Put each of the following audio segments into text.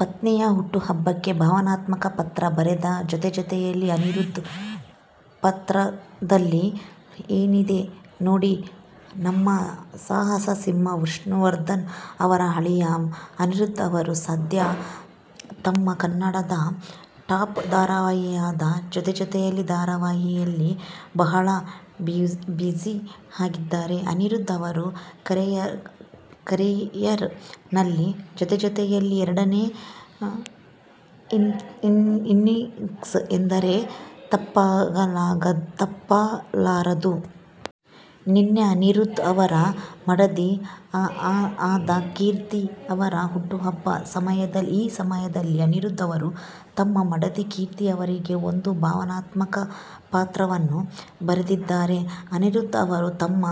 ಪತ್ನಿಯ ಹುಟ್ಟು ಹಬ್ಬಕ್ಕೆ ಭಾವನಾತ್ಮಕ ಪತ್ರ ಬರೆದ ಜೊತೆಜೊತೆಯಲಿ ಅನಿರುಧ್. ಪತ್ರದಲ್ಲಿ ಏನಿದೆ ನೋಡಿ ನಮ್ಮ ಸಾಹಸ ಸಿಂಹ ವಿಷ್ಣುವರ್ಧನ್ ಅವರ ಅಳಿಯ ಅನಿರುಧ್ ಅವರು ಸದ್ಯ ತಮ್ಮ ಕನ್ನಡದ ಟಾಪ್ ದಾರಾವಾಹಿಯಾದ ಜೊತೆಜೊತೆಯಲಿ ಧಾರಾವಾಹಿ ಯಲ್ಲಿ ಬಹಳ ಬ್ಯುಸಿ ಆಗಿದ್ದಾರೆ. ಅನಿರುಧ್ ಅವರ ಕರಿಯರ್ ನಲ್ಲಿ ಜೊತೆಜೊತೆಯಲಿ ಎರಡನೇ ಇನ್ನಿಂಗ್ಸ್ ಎಂದರೆ ತಪ್ಪಾಗಲಾರದು. ನೆನ್ನೆ ಅನಿರುಧ್ ಅವರ ಮಡದಿ ಆದ ಕೀರ್ತಿ ಅವರ ಹುಟ್ಟು ಹಬ್ಬ. ಈ ಸಮಯದಲ್ಲಿ ಅನಿರುಧ್ ಅವರು ತಮ್ಮ ಮಡದಿ ಕೀರ್ತಿ ಅವರಿಗೆ ಒಂದು ಭಾವನಾತ್ಮಕ ಪತ್ರವನ್ನು ಬರೆದಿದ್ದಾರೆ. ಅನಿರುಧ್ ಅವರು ತಮ್ಮ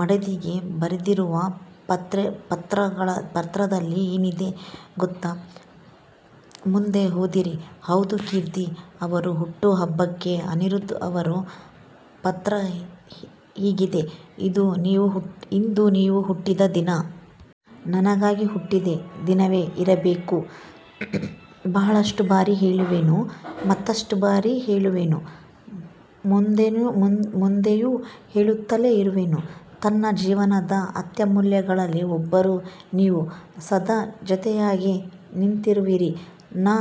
ಮಡದಿಗೆ ಬರೆದಿರುವ ಪತ್ರದಲ್ಲಿ ಏನಿದೆ ಗೊತ್ತಾ! ಮುಂದೆ ಓದಿರಿ ಹೌದು, ಕೀರ್ತಿ ಅವರ ಹುಟ್ಟು ಹಬ್ಬಕ್ಕೆ ಅನಿರುಧ್ ಅವರು ಪತ್ರ ಹೀಗಿದೆ "ಇಂದು ನೀವು ಹುಟ್ಟಿದ ದಿನ. ನನಗಾಗಿ ಹುಟ್ಟಿದ ದಿನವೇ ಇರಬೇಕು. ಬಹಳಷ್ಟು ಬಾರಿ ಹೇಳಿರುವೆನು. ಮತ್ತಷ್ಟು ಬಾರಿ ಹೇಳುವೆನು. ಮುಂದೆಯೂ ಹೇಳುತ್ತಲೇ ಇರುವೆನು. ನನ್ನ ಜೀವನದ ಅತ್ಯಮೂಲ್ಯಗಳಲ್ಲಿ ಒಬ್ಬರು ನೀವು. ಸದಾ ಜೊತೆಯಾಗಿ ನಿಂತಿರುವಿರಿ. ನಾ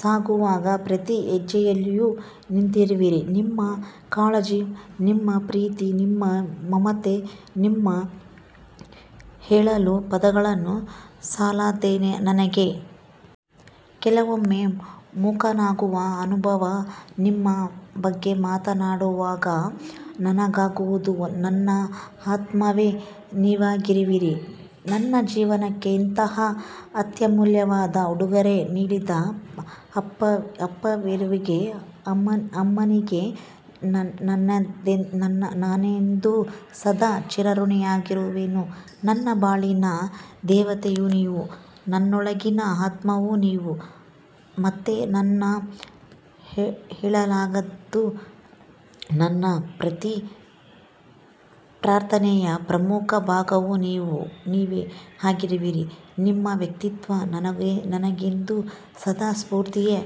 ಸಾಗುವಾಗ ಪ್ರತಿ ಹೆಜ್ಜೆಯಲ್ಲಿಯೂ ನೀವಿರುವಿರಿ. ನಿಮ್ಮ ಕಾಳಜಿ, ನಿಮ್ಮ ಪ್ರೀತಿ, ನಿಮ್ಮ ಮಮತೆ, ನಿಮ್ಮ ಹೇಳಲು ಪದಗಳು ಸಾಲದೆನಗೆ. ಕೆಲವೊಮ್ಮೆ ಮೂಕನಾಗುವ ಅನುಭವ ನಿಮ್ಮ ಬಗ್ಗೆ ಮಾತನಾಡುವಾಗ ನನಗಾಗುವುದು. ನನ್ನ ಆತ್ಮವೇ ನೀವಾಗಿರುವಿರಿ. ನನ್ನ ಜೀವನಕ್ಕೆ ಇಂತಹ ಅತ್ಯಮೂಲ್ಯವಾದ ಉಡುಗೊರೆ ನೀಡಿದ ಅಪ್ಪಾವ್ರಿಗೆ, ಅಮ್ಮನಿಗೆ ನಾನೆಂದೂ ಸದಾ ಚಿರಋಣಿಯಾಗಿರುವೆನು. ನನ್ನ ಬಾಳಿನ ದೇವತೆಯೂ ನೀವು, ನನ್ನೊಳಗಿನ ಆತ್ಮವೂ ನೀವು, ಮತ್ತೇನನ್ನು ಹೇಳಲಾಗದು. ನನ್ನ ಪ್ರತಿ ಪ್ರಾರ್ಥನೆಯ ಪ್ರಮುಖ ಭಾಗವೂ ನೀವೆ ಆಗಿರುವಿರಿ, ನಿಮ್ಮ ವ್ಯಕ್ತಿತ್ವ ನನಗೆಂದೂ ಸದಾ ಸ್ಪೂರ್ತಿಯೇ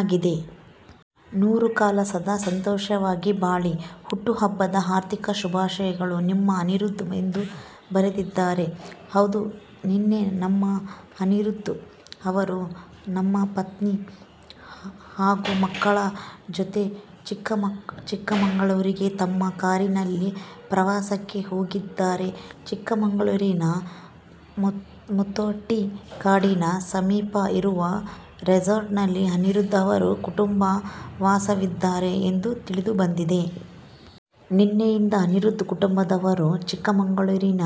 ಆಗಿದೆ.. ನೂರ್ಕಾಲ ಸದಾ ಸಂತೋಷವಾಗಿ ಬಾಳಿ.. ಹುಟ್ಟು ಹಬ್ಬದ ಹಾರ್ದಿಕ ಶುಭಾಶಯಗಳು. ನಿಮ್ಮ ಅನಿರುಧ್ ಎಂದು ಬರೆದಿದ್ದಾರೆ. ಹೌದು ನೆನ್ನೆ ನಮ್ಮ ಅನಿರುಧ್ ಅವರು ತಮ್ಮ ಪತ್ನಿ, ಹಾಗು ಮಕ್ಕಳ ಜೊತೆ ಚಿಕ್ಕಮಗಳೂರಿಗೆ ತಮ್ಮ ಕಾರಿನಲ್ಲಿ ಪ್ರವಾಸಕ್ಕೆ ಹೋಗಿದ್ದಾರೆ. ಚಿಕ್ಕಮಗಳೂರಿನ ಮುತ್ತೋಡಿ ಕಾಡಿನ ಸಮೀಪ ಇರುವ ರೆಸಾರ್ಟ್ ನಲ್ಲಿ ಅನಿರುಧ್ ಅವರ ಕುಟುಂಬ ವಾಸವಿದ್ದಾರೆ ಎಂದು ತಿಳಿದು ಬಂದಿದೆ. ನೆನ್ನೆಯಿಂದ ಅನಿರುಧ್ ಕುಟುಂಬದವರು, ಚಿಕ್ಕಮಗಳೂರಿನ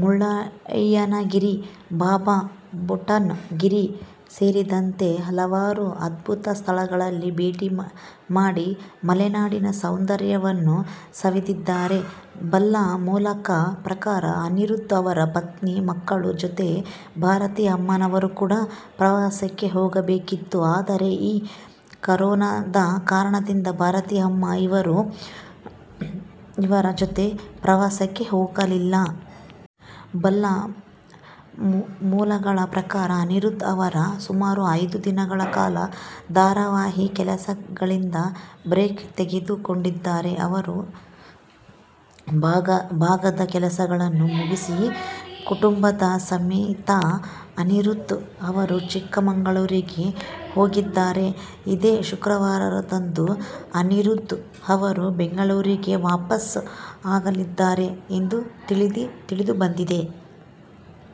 ಮುಳ್ಳಯ್ಯನಗಿರಿ, ಬಾಬಾ ಬುಡನ್ ಗಿರಿ ಸೇರಿದಂತೆ ಹಲವಾರು ಅದ್ಭುತ ಸ್ಥಳಗಳನ್ನು ಭೇಟಿ ಮಾಡಿ ಮಲೆನಾಡಿನ ಸೌಂದರ್ಯವನ್ನು ಸವಿದಿದ್ದಾರೆ. ಬಲ್ಲ ಮೂಲಗಳ ಪ್ರಕಾರ ಅನಿರುಧ್ ಅವರ ಪತ್ನಿ, ಮಕ್ಕಳ ಜೊತೆ, ಭಾರತಿ ಅಮ್ಮನವರು ಕೂಡ ಪ್ರವಾಸಕ್ಕೆ ಹೋಗಬೇಕಿತ್ತು. ಆದರೆ ಈ ಕರೋನದ ಕಾರಣದಿಂದ ಭಾರತಿ ಅವರು ಇವರ ಜೊತೆ ಪ್ರವಾಸಕ್ಕೆ ಹೋಗಲಿಲ್ಲ. ಬಲ್ಲ ಮೂಲಗಳ ಪ್ರಕಾರ ಅನಿರುಧ್ ಅವರು ಸುಮಾರು ಐದು ದಿನಗಳ ಕಾಲ ಧಾರಾವಾಹಿ ಕೆಲಸಗಳಿಂದ ಬ್ರೇಕ್ ತೆಗೆದು ಕೊಂಡಿದ್ದಾರೆ. ಇವರ ಭಾಗದ ಕೆಲಸಗಳನ್ನು ಮುಗಿಸಿ, ಕುಟುಂಬದ ಸಮೇತ ಅನಿರುಧ್ ಅವರು ಚಿಕ್ಕಮಗಳೂರಿಗೆ ಹೋಗಿದ್ದಾರೆ. ಇದೇ ಶುಕ್ರವಾರದಂದು ಅನಿರುಧ್ ಅವರು ಬೆಂಗಳೂರಿಗೆ ವಾಪಾಸ್ ಆಗಲಿದ್ದಾರೆ ಎಂದು ತಿಳಿದು ಬಂದಿದೆ.